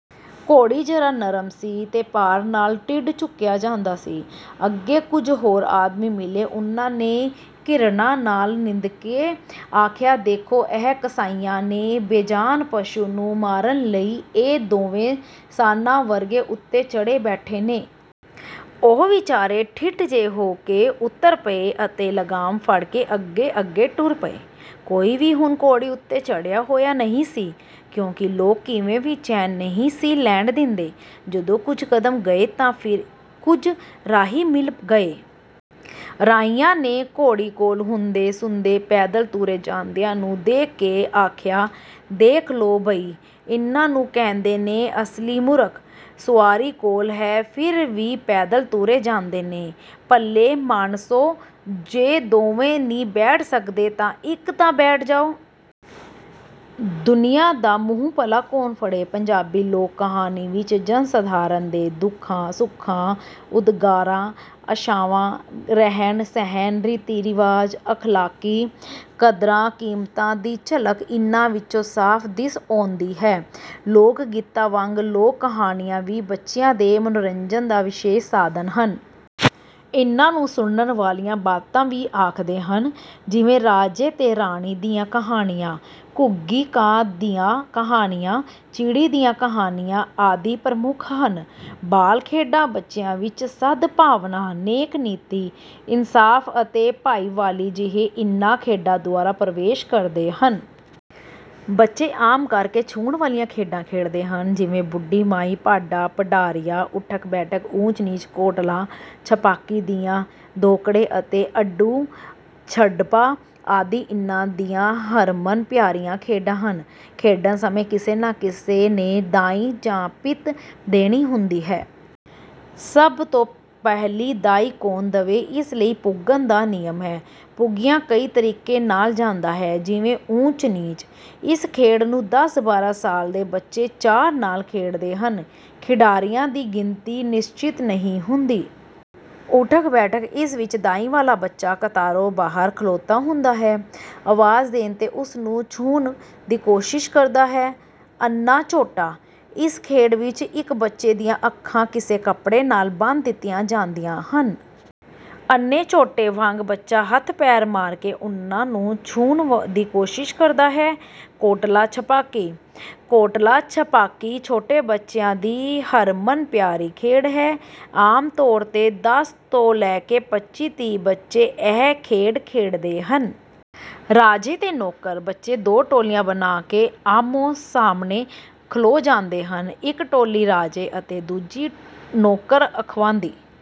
ਘੋੜੀ ਜ਼ਰਾ ਨਰਮ ਸੀ ਤੇ ਭਾਰ ਨਾਲ ਟਿਢ ਝੁਕਿਆ ਜਾਂਦਾ ਸੀ। ਅੱਗੇ ਕੁਝ ਹੋਰ ਆਦਮੀ ਮਿਲੇ ਉਨ੍ਹਾਂ ਨੇ ਘਿਰਣਾ ਨਾਲ ਨਿੰਦਕੇ ਆਖਿਆ ਦੇਖੋ ਇਹ ਕਸਾਈਆਂ ਨੇ ਬੇਜਾਨ ਪਸ਼ੂ ਨੂੰ ਮਾਰਨਾ ਲਈ ਏ ਦੋਵੇਂ ਸਾਨ੍ਹਾਂ ਵਰਗੇ ਉੱਤੇ ਚੜ੍ਹੇ ਬੈਠੇ ਨੇ। ਉਹ ਵਿਚਾਰੇ ਠਿੱਠ ਜੇ ਹੋਕੇ ਉੱਤਰ ਪਏ ਅਤੇ ਲਗਾਮ ਫੜਕੇ ਅੱਗੇ ਅੱਗੇ ਟੁਰ ਪਏ। ਕੋਈ ਵੀ ਹੁਣ ਘੋੜੀ ਉੱਤੇ ਚੜ੍ਹਿਆ ਹੋਇਆ ਨਹੀਂ ਸੀ। ਕਿਉਂਕੀ ਲੋਕ ਕਿਵੇਂ ਵੀ ਚੈਨ ਨਹੀਂ ਸੀ ਲੈਣ ਦਿੰਦੇ। ਜਦੋਂ ਕੁਝ ਕਦਮ ਗਏ ਤਾਂ ਫਿਰ ਕੁਝ ਰਾਹੀ ਮਿਲ ਗਏ। ਰਾਹੀਆਂ ਨੇ ਘੋੜੀ ਕੋਲ ਹੁੰਦੇ ਸੁੰਦੇ ਪੈਦਲ ਤੁਰੇ ਜਾਂਦਿਆਂ ਨੂੰ ਦੇਖਕੇ ਆਖਿਆ ਦੇਖਲਓ ਬਈ ਇਨ੍ਹਾਂ ਨੂੰ ਕਹਿੰਦੇ ਨੇ ਅਸਲੀ ਮੂਰਖ। ਸੁਆਰੀ ਕੋਲ ਹੈ ਫਿਰ ਵੀ ਪੈਦਲ ਤੁਰੇ ਜਾਂਦੇ ਨੇ। ਭਲੇ ਮਾਣਸੋ ਜੇ ਦੋਵੇਂ ਨੀ ਬੈਠ ਸਕਦੇ ਤਾਂ ਇੱਕ ਤਾਂ ਬੈਠ ਜਾਓ। ਦੁਨੀਆਂ ਦਾ ਮੂੰਹ ਭਲਾਂ ਕੌਣ ਫੜੇ। ਪੰਜਾਬੀ ਲੋਕ ਕਹਾਣੀ ਵਿੱਚ ਜਨਸਧਾਰਨ ਦੇ ਦੁੱਖਾਂ ਸੁੱਖਾਂ ਉਦਗਾਰਾਂ ਆਸ਼ਾਵਾਂ ਰਹਿਣ ਸਹਿਣ ਰੀਤੀ ਰਿਵਾਜ ਅਖਲਾਕੀ ਕਦਰਾਂ ਕੀਮਤਾਂ ਦੀ ਝਲਕ ਇਨ੍ਹਾਂ ਵਿੱਚੋਂ ਸਾਫ ਦਿਸ ਆਉਂਦੀ ਹੈ। ਲੋਕ ਗੀਤਾਂ ਵਾਂਗ ਲੋਕ ਕਹਾਣੀਆਂ ਵੀ ਬੱਚਿਆਂ ਦੇ ਮਨੋਰੰਜਨ ਦਾ ਵਿਸ਼ੇਸ਼ ਸਾਧਨ ਹਨ। ਇਨ੍ਹਾਂ ਨੂੰ ਸੁਨਣ ਵਾਲੀਆਂ ਬਾਤਾਂ ਵੀ ਆਖਦੇ ਹਨ। ਜਿਵੇਂ ਰਾਜੇ ਤੇ ਰਾਣੀ ਦੀਆਂ ਕਹਾਣੀਆਂ ਘੁੱਗੀ ਕਾਂ ਦੀਆਂ ਕਹਾਣੀਆਂ ਚਿੜੀ ਦੀਆਂ ਕਹਾਣੀਆਂ ਆਦਿ ਪ੍ਰਮੁੱਖ ਹਨ। ਬਾਲ ਖੇਡਾਂ ਬੱਚਿਆਂ ਵਿੱਚ ਸਦ ਭਾਵਨਾ ਨੇਕ ਨੀਤੀ ਇਨਸਾਫ ਅਤੇ ਭਾਈਵਾਲੀ ਜਿਹੇ ਇਨ੍ਹਾਂ ਖੇਡਾਂ ਦੁਆਰਾ ਪ੍ਰਵੇਸ਼ ਕਰਦੇ ਹਨ। ਬੱਚੇ ਆਮ ਕਰਕੇ ਛੂਹਣ ਵਾਲੀਆਂ ਖੇਡਾਂ ਖੇਡਦੇ ਹਨ। ਜਿਵੇਂ ਬੁੱਢੀ ਮਾਈ ਭੰਡਾ ਭੰਡਾਰੀਆ ਊਠਕ ਬੈਠਕ ਊਚ ਨੀਚ ਕੋਟਲਾ ਛਪਾਕੀ ਦਾਈਆਂ ਦੁਹਕੜੇ ਅਤੇ ਅੱਡੂ ਛੱਡਪਾ ਆਦਿ ਇਨ੍ਹਾਂ ਦੀਆਂ ਹਰਮਨ ਪਿਆਰੀਆਂ ਖੇਡਾਂ ਹਨ। ਖੇਡਣ ਸਮੇਂ ਕਿਸੇ ਨਾ ਕਿਸੇ ਨੇ ਦਾਈ ਜਾਂ ਪਿੱਤ ਦੇਣੀ ਹੁੰਦੀ ਹੈ। ਸਭ ਤੋਂ ਪਹਿਲੀ ਦਾਈ ਕੌਣ ਦਵੇ ਇਸਲਈ ਪੁੱਗਣ ਦਾ ਨਿਯਮ ਹੈ। ਪੁੱਗਿਆ ਕਈ ਤਰੀਕੇ ਨਾਲ ਜਾਂਦਾ ਹੈ। ਜਿਵੇਂ ਊਚ ਨੀਚ। ਇਸ ਖੇਡ ਨੂੰ ਦਸ ਬਾਰਾਂ ਸਾਲ ਦੇ ਬੱਚੇ ਚਾਅ ਨਾਲ ਖੇਡਦੇ ਹਨ। ਖਿਡਾਰੀਆਂ ਦੀ ਗਿਣਤੀ ਨਿਸ਼ਚਿਤ ਨਹੀਂ ਹੁੰਦੀ। ਊਠਕ ਬੈਠਕ ਇਸ ਵਿੱਚ ਦਾਈ ਵਾਲਾ ਬੱਚਾ ਕਤਾਰੋਂ ਬਾਹਰ ਖਲੋਤਾ ਹੁੰਦਾ ਹੈ। ਆਵਾਜ਼ ਦੇਣ ਤੇ ਉਸਨੂੰ ਛੂਹਣ ਦੀ ਕੋਸ਼ੀਸ਼ ਕਰਦਾ ਹੈ। ਅੰਨ੍ਹਾਂ ਝੋਟਾ। ਇਸ ਖੇਡ ਵਿੱਚ ਇੱਕ ਬੱਚੇ ਦੀਆਂ ਅੱਖਾਂ ਕਿਸੇ ਕੱਪੜੇ ਨਾਲ ਬੰਨ ਦਿੱਤੀਆਂ ਜਾਂਦੀਆਂ ਹਨ। ਅੰਨੇ ਝੋਟੇ ਵਾਂਗ ਬੱਚਾ ਹੱਥ ਪੈਰ ਮਾਰਕੇ ਉਨ੍ਹਾਂ ਨੂੰ ਛੂਹਣ ਦੀ ਕੋਸ਼ਿਸ਼ ਕਰਦਾ ਹੈ। ਕੋਟਲਾ ਛਪਾਕੀ। ਕੋਟਲਾ ਛਪਾਕੀ ਛੋਟੇ ਬੱਚਿਆਂ ਦੀ ਹਰਮਨਪਿਆਰੀ ਖੇਡ ਹੈ। ਆਮ ਤੌਰ ਤੇ ਦਸ ਤੋਂ ਲੈਕੇ ਪੱਚੀ ਤੀਹ ਬੱਚੇ ਇਹ ਖੇਡ ਖੇਡਦੇ ਹਨ। ਰਾਜੇ ਤੇ ਨੌਕਰ। ਬੱਚੇ ਦੋ ਟੋਲੀਆਂ ਬਣਾਕੇ ਆਹਮੋ ਸਾਹਮਣੇ ਖਲੋ ਜਾਂਦੇ ਹਨ। ਇੱਕ ਟੋਲੀ ਰਾਜੇ ਅਤੇ ਦੂਜੀ ਨੌਕਰ ਅਖਵਾਂਦੀ